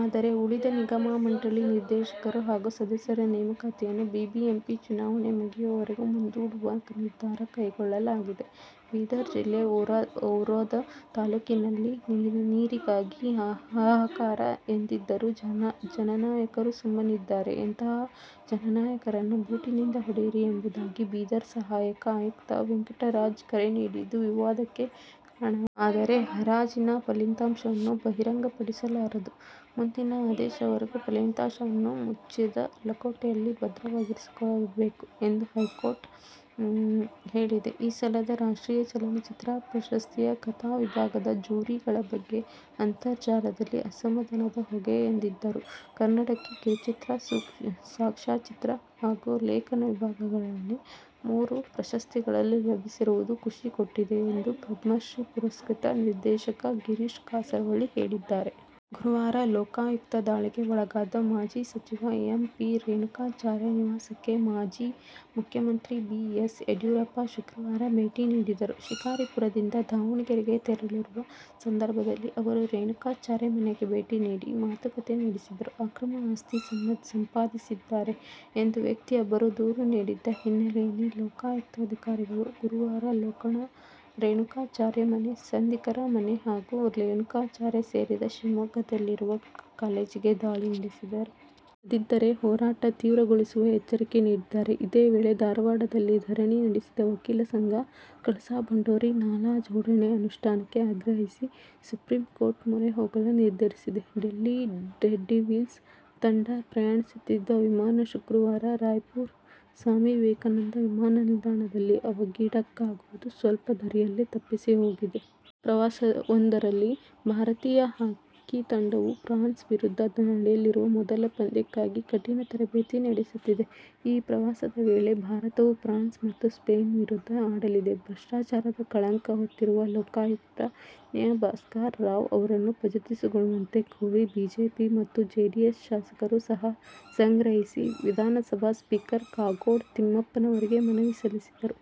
ಆದರೆ, ಉಳಿದ ನಿಗಮ-ಮಂಡಳಿಗಳ ನಿರ್ದೇಶಕರು ಹಾಗೂ ಸದಸ್ಯರ ನೇಮಕಾತಿಯನ್ನು ಬಿಬಿಎಂಪಿ ಚುನಾವಣೆ ಮುಗಿಯುವವರೆಗೂ ಮುಂದೂಡುವ ನಿರ್ಧಾರ ಕೈಗೊಳ್ಳಲಾಗಿದೆ. ಬೀದರ್ ಜಿಲ್ಲೆ ಔರಾದ ತಾಲೂಕಿನಲ್ಲಿ ನೀರಿಗಾಗಿ ಹಾಹಾಕಾರ ಎದ್ದಿದ್ದರೂ ಜನನಾಯಕರು ಸುಮ್ಮನಿದ್ದಾರೆ. ಇಂತಹ ಜನನಾಯಕರನ್ನು ಬೂಟಿನಿಂದ ಹೊಡೆಯಿರಿ ಎಂಬುದಾಗಿ ಬೀದರ್ ಸಹಾಯಕ ಆಯುಕ್ತ ವೆಂಕಟರಾಜ ಕರೆ ನೀಡಿದ್ದು, ವಿವಾದಕ್ಕೆ ಕಾರಣವಾಗಿದೆ. ಆದರೆ ಹರಾಜಿನ ಫಲಿತಾಂಶವನ್ನು ಬಹಿರಂಗಪಡಿಸಬಾರದು. ಮುಂದಿನ ಆದೇಶದವರೆಗೂ ಫಲಿತಾಂಶವನ್ನು ಮುಚ್ಚಿದ ಲಕೋಟೆಯಲ್ಲಿ ಭದ್ರವಾಗಿರಿಸಿರಬೇಕು ಎಂದು ಕೋರ್ಟ್ ಹೇಳಿದೆ. ಈ ಸಲದ ರಾಷ್ಟ್ರೀಯ ಚಲನಚಿತ್ರ ಪ್ರಶಸ್ತಿಯ ಕಥಾ ವಿಭಾಗದ ಜ್ಯೂರಿಗಳ ಬಗ್ಗೆ ಅಂತರ್ಜಾಲದಲ್ಲಿ ಅಸಮಾಧಾನದ ಹೊಗೆ ಎದ್ದಿದ್ದರೂ, ಕನ್ನಡಕ್ಕೆ ಕಿರುಚಿತ್ರ, ಸಾಕ್ಷ್ಯಚಿತ್ರ ಹಾಗೂ ಲೇಖನ ವಿಭಾಗದಲ್ಲಿ ಮೂರು ಪ್ರಶಸ್ತಿಗಳು ಲಭಿಸಿರುವುದು ಖುಷಿ ಕೊಟ್ಟಿದೆ ಎಂದು ಪದ್ಮಶ್ರೀ ಪುರಸ್ಕೃತ ನಿರ್ದೇಶಕ ಗಿರೀಶ್ ಕಾಸರವಳ್ಳಿ ಹೇಳಿದ್ದಾರೆ. ಗುರುವಾರ ಲೋಕಾಯುಕ್ತ ದಾಳಿಗೆ ಒಳಗಾದ ಮಾಜಿ ಸಚಿವ ಎಂ. ಪಿ. ರೇಣುಕಾಚಾರ್ಯ ನಿವಾಸಕ್ಕೆ ಮಾಜಿ ಮುಖ್ಯಮಂತ್ರಿ ಬಿ. ಎಸ್. ಯಡಿಯೂರಪ್ಪ ಶುಕ್ರವಾರ ಭೇಟಿ ನೀಡಿದರು. ಶಿಕಾರಿಪುರದಿಂದ ದಾವಣಗೆರೆಗೆ ತೆರಳುವ ಸಂದರ್ಭದಲ್ಲಿ ಅವರು ರೇಣುಕಾಚಾರ್ಯ ಮನೆಗೆ ಭೇಟಿ ನೀಡಿ ಮಾತುಕತೆ ನಡೆಸಿದರು. ಅಕ್ರಮ ಆಸ್ತಿ ಸಂಪಾದಿಸಿದ್ದಾರೆ ಎಂದು ವ್ಯಕ್ತಿಯೊಬ್ಬರು ದೂರು ನೀಡಿದ್ದ ಹಿನ್ನೆಲೆಯಲ್ಲಿ ಲೋಕಾಯುಕ್ತ ಅಧಿಕಾರಿಗಳು ಗುರುವಾರ ರೇಣುಕಾಚಾರ್ಯ ಮನೆ, ಸಂಬಂಧಿಕರ ಮನೆ ಹಾಗೂ ರೇಣುಕಾಚಾರ್ಯಗೆ ಸೇರಿದ ಶಿವಮೊಗ್ಗದಲ್ಲಿರುವ ಕಾಲೇಜಿಗೆ ದಾಳಿ ನಡೆಸಿದ್ದರು. ಇಲ್ಲದಿದ್ದರೆ ಹೋರಾಟ ತೀವ್ರಗೊಳಿಸುವ ಎಚ್ಚರಿಕೆ ನೀಡಿದ್ದಾರೆ. ಇದೇ ವೇಳೆ, ಧಾರವಾಡದಲ್ಲಿ ಧರಣಿ ನಡೆಸಿದ ವಕೀಲರ ಸಂಘ, ಕಳಸಾ-ಬಂಡೂರಿ ನಾಲಾ ಜೋಡಣೆ ಅನುಷ್ಠಾನಕ್ಕೆ ಆಗ್ರಹಿಸಿ ಸುಪ್ರೀಂಕೋರ್ಟ್ ಮೊರೆ ಹೋಗಲು ನಿರ್ಧರಿಸಿದೆ. ಡೆಲ್ಲಿ ಡೇರ್ಡೆವಿಲ್ಸ್ ತಂಡ ಪ್ರಯಾಣಿಸುತ್ತಿದ್ದ ವಿಮಾನ ಶುಕ್ರವಾರ ರಾಯ್ಪುರದ ಸ್ವಾಮಿ ವಿವೇಕಾನಂದ ವಿಮಾನನಿಲ್ದಾಣದಲ್ಲಿ ಅವಘಡಕ್ಕೀಡಾಗುವುದು ಸ್ವಲ್ಪದರಲ್ಲೇ ತಪ್ಪಿಹೋಗಿದೆ. ಯುರೋಪ್ ಪ್ರವಾಸದಲ್ಲಿರುವ ಭಾರತೀಯ ಹಾಕಿ ತಂಡವು ಫ್ರಾನ್ಸ್ ವಿರುದ್ಧ ನಡೆಯಲಿರುವ ಮೊದಲ ಪಂದ್ಯಕ್ಕಾಗಿ ಕಠಿನ ತರಬೇತಿ ನಡೆಸುತ್ತಿದೆ. ಈ ಪ್ರವಾಸದ ವೇಳೆ ಭಾರತವು ಫ್ರಾನ್ಸ್ ಮತ್ತು ಸ್ಪೇನ್ ವಿರುದ್ಧ ಆಡಲಿದೆ. ಭ್ರಷ್ಟಾಚಾರದ ಕಳಂಕ ಹೊತ್ತಿರುವ ಲೋಕಾಯುಕ್ತ ನ್ಯಾ. ಭಾಸ್ಕರ ರಾವ್ ಅವರನ್ನು ಪದಚ್ಯುತಿಗೊಳಿಸುವಂತೆ ಕೋರಿ ಬಿಜೆಪಿ ಮತ್ತು ಜೆಡಿಎಸ್ ಶಾಸಕರು ಸಹಿ ಸಂಗ್ರಹಿಸಿ ವಿಧಾನಸಭೆ ಸ್ಪೀಕರ್ ಕಾಗೋಡು ತಿಮ್ಮಪ್ಪನವರಿಗೆ ಮನವಿ ಸಲ್ಲಿಸಿದರು.